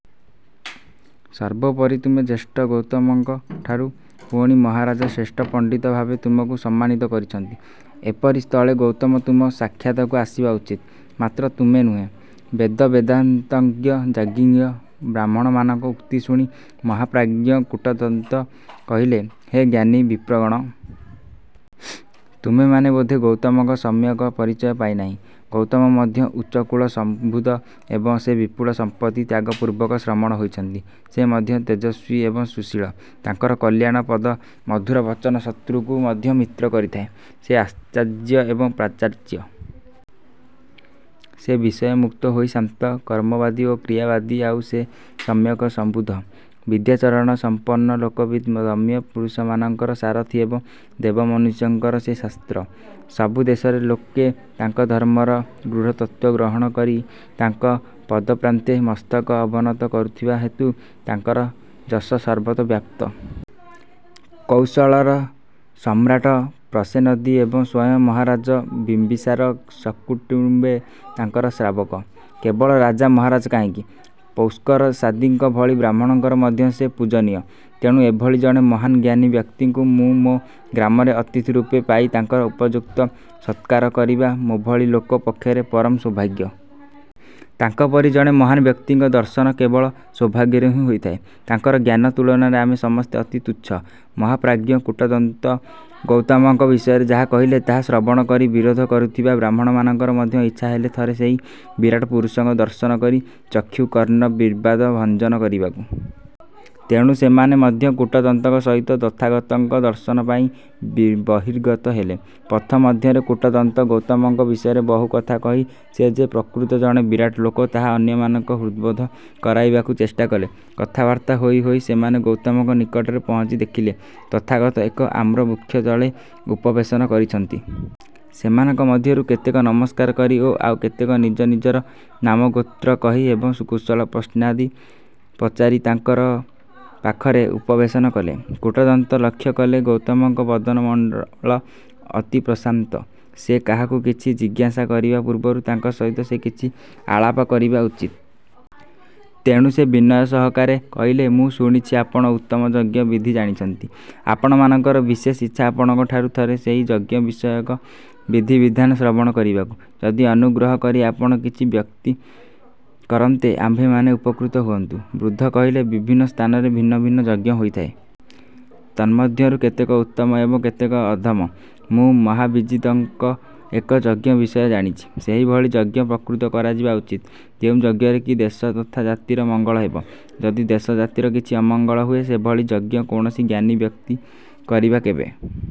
ସର୍ବୋପରି ତୁମେ ଜ୍ୟେଷ୍ଠ ଗୌତମଙ୍କ ଠାରୁ। ପୁଣି ମହାରାଜ ଶ୍ରେଷ୍ଠ ପଣ୍ଡିତ ଭାବେ ତୁମକୁ ସମ୍ମାନିତ କରିଛନ୍ତି। ଏପରି ସ୍ଥଳେ ଗୌତମ ତୁମ ସାକ୍ଷାତକୁ ଆସିବା ଉଚିତ; ମାତ୍ର ତୁମେ ନୁହଁ। ବେଦ ବେଦାନ୍ତଜ୍ଞ ଯାଜ୍ଞିକ ବ୍ରାହ୍ମଣମାନଙ୍କ ଉକ୍ତି ଶୁଣି ମହାପ୍ରାଜ୍ଞ କୂଟଦନ୍ତ କହିଲେ, ହେ ଜ୍ଞାନୀ ବିପ୍ରଗଣ! ତୁମେମାନେ ବୋଧେ ଗୌତମଙ୍କ ସମ୍ୟକ ପରିଚୟ ପାଇନାହିଁ। ଗୌତମ ମଧ୍ୟ ଉଚ୍ଚକୁଳ ସମ୍ଭୂତ ଏବଂ ସେ ବିପୁଳ ସମ୍ପତ୍ତି ତ୍ୟାଗପୂର୍ବକ ଶ୍ରମଣ ହୋଇଛନ୍ତି। ସେ ମଧ୍ୟ ତେଜସ୍ୱୀ ଏବଂ ସୁଶୀଳ। ତାଙ୍କର କଲ୍ୟାଣ ପ୍ରଦ ମଧୁର ବଚନ ଶତୃକୁ ମଧ୍ୟ ମିତ୍ର କରିଥାଏ। ସେ ଆଚାର୍ଯ୍ୟ ଏବଂ ପ୍ରାଚାର୍ଯ୍ୟ। ସେ ବିଷୟ ମୁକ୍ତ ହୋଇ ଶାନ୍ତ, କର୍ମବାଦୀ ଓ କ୍ରିୟାବାଦୀ-ଆଉ ସେ ସମ୍ୟକ ସଂବୁଦ୍ଧ, ବିଦ୍ୟାଚରଣ ସମ୍ପନ୍ନ ଲୋକବିଦ୍ ଦମ୍ୟ ପୁରୁଷମାନଙ୍କର ସାରଥୀ ଏବଂ ଦେବମନୁଷ୍ୟଙ୍କର ସେ ଶାସ୍ତ୍ର। ସବୁଦେଶରେ ଲୋକେ ତାଙ୍କ ଧର୍ମର ଗୂଢ଼ତତ୍ତ୍ୱ ଗ୍ରହଣ କରି ତାଙ୍କ ପଦପ୍ରାନ୍ତେ ମସ୍ତକ ଅବନତ କରୁଥିବା ହେତୁ ତାଙ୍କର ଯଶ ସର୍ବତ୍ର ବ୍ୟାପ୍ତ। କୋଶଳର ସମ୍ରାଟ ପସେନଦୀ ଏବଂ ସ୍ୱୟଂ ମହାରାଜ ବିମ୍ୱିସାର ସକୁଟୁମ୍ୱେ ତାଙ୍କର ଶ୍ରାବକ। କେବଳ ରାଜା ମହାରାଜା କାହିଁକି ପୌଷ୍କରସାଦୀଙ୍କ ଭଳି ବ୍ରାହ୍ମଣଙ୍କର ମଧ୍ୟ ସେ ପୂଜନୀୟ। ତେଣୁ ଏଭଳି ଜଣେ ମହାନ୍ ଜ୍ଞାନୀ ବ୍ୟକ୍ତିଙ୍କୁ ମୁଁମୋ ଗ୍ରାମରେ ଅତିଥି ରୂପେ ପାଇ ତାଙ୍କର ଉପଯୁକ୍ତ ସତ୍କାର କରିବା ମୋଭଳି ଲୋକ ପକ୍ଷରେ ପରମ ସୌଭାଗ୍ୟ। ତାଙ୍କପରି ଜଣେ ମହାନ୍ ବ୍ୟକ୍ତିଙ୍କ ଦର୍ଶନ କେବଳ ସୌଭାଗ୍ୟରୁ ହିଁ ହୋଇଥାଏ। ତାଙ୍କର ଜ୍ଞାନ ତୁଳନାରେ ଆମେ ସମସ୍ତେ ଅତି ତୁଚ୍ଛ। ମହାପ୍ରାଜ୍ଞ କୂଟଦନ୍ତ ଗୌତମଙ୍କ ବିଷୟରେ ଯାହା କହିଲେ ତାହା ଶ୍ରବଣ କରି ବିରୋଧ କରୁଥିବା ବ୍ରାହ୍ମଣମାନଙ୍କର ମଧ୍ୟ ଇଚ୍ଛାହେଲା ଥରେ ସେହି ବିରାଟ ପୁରୁଷଙ୍କ ଦର୍ଶନ କରି ଚକ୍ଷୁ କର୍ଣ୍ଣ ବିବାଦ ଭଞ୍ଜନ କରିବାକୁ। ତେଣୁ ସେମାନେ ମଧ୍ୟ କୂଟଦନ୍ତଙ୍କ ସହିତ ତଥାଗତଙ୍କ ଦର୍ଶନ ପାଇଁ ବହିର୍ଗତ ହେଲେ। ପଥ ମଧ୍ୟରେ କୂଟଦନ୍ତ ଗୌତମଙ୍କ ବିଷୟରେ ବହୁ କଥା କହି ସେ ଯେ ପ୍ରକୃତ ଜଣେ ବିରାଟ ଲୋକ ତାହା ଅନ୍ୟମାନଙ୍କ ହୃଦବୋଧ କରାଇବାକୁ ଚେଷ୍ଟା କଲେ। କଥାବାର୍ତ୍ତା ହୋଇ ହୋଇ ସେମାନେ ଗୌତମଙ୍କ ନିକଟରେ ପହଞ୍ଚି ଦେଖିଲେ, ତଥାଗତ ଏକ ଆମ୍ରବୃକ୍ଷତଳେ ଉପବେଶନ କରିଛନ୍ତି। ସେମାନଙ୍କ ମଧ୍ୟରୁ କେତେକ ନମସ୍କାର କରି ଓ ଆଉ କେତେକ ନିଜ ନିଜର ନାମଗୋତ୍ର କହି ଏବଂ କୁଶଳ ପ୍ରଶ୍ନାଦି ପଚାରି ତାଙ୍କ ପାଖରେ ଉପବେଶନ କଲେ। କୂଟଦନ୍ତ ଲକ୍ଷ୍ୟ କଲେ ଗୌତମଙ୍କ ବଦନ ମଣ୍ଡଳ ଅତି ପ୍ରଶାନ୍ତ। ସେ କାହାକୁ କିଛି ଜିଜ୍ଞାସା କରିବା ପୂର୍ବରୁ ତାଙ୍କ ସହିତ ସେ କିଛି ଆଳାପ କରିବା ଉଚିତ। ତେଣୁ ସେ ବିନୟ ସହକାରେ କହିଲେ-ମୁଁ ଶୁଣିଛି ଆପଣ ଉତ୍ତମ ଯଜ୍ଞ ବିଦ୍ଧି ଜାଣିଛନ୍ତି। ଆମ୍ଭମାନଙ୍କର ବିଶେଷ ଇଚ୍ଛା ଆପଣଙ୍କଠାରୁ ଥରେ ସେହି ଯଜ୍ଞ ବିଷୟକ ବିଧିବିଧାନ ଶ୍ରବଣ କରିବାକୁ। ଯଦି ଅନୁଗ୍ରହ କରି ଆପଣ କିଛି ବ୍ୟକ୍ତ କରନ୍ତେ ଆମ୍ଭେମାନେ ଉପକୃତ ହୁଅନ୍ତୁ। ବୁଦ୍ଧ କହିଲେ, ବିଭିନ୍ନ ସ୍ଥାନରେ ଭିନ୍ନ ଭିନ୍ନ ଯଜ୍ଞ ହୋଇଥାଏ। ତନ୍ମଧ୍ୟରୁ କେତେକ ଉତ୍ତମ ଏବଂ କେତେକ ଅଧମ। ମୁଁ ମହାବିଜିତଙ୍କ ଏକ ଯଜ୍ଞ ବିଷୟ ଜାଣିଛି। ସେହିଭଳି ଯଜ୍ଞ ପ୍ରକୃତ କରାଯିବା ଉଚିତ୍। ଯେଉଁ ଯଜ୍ଞରେ କି ଦେଶ ତଥା ଜାତିର ମଙ୍ଗଳ ହେବ। ଯଦି ଦେଶ ଜାତିର କିଛି ଅମଙ୍ଗଳ ହୁଏ ସେଭଳି ଯଜ୍ଞ କୌଣସି ଜ୍ଞାନୀ ବ୍ୟକ୍ତି କରିବା କେବେ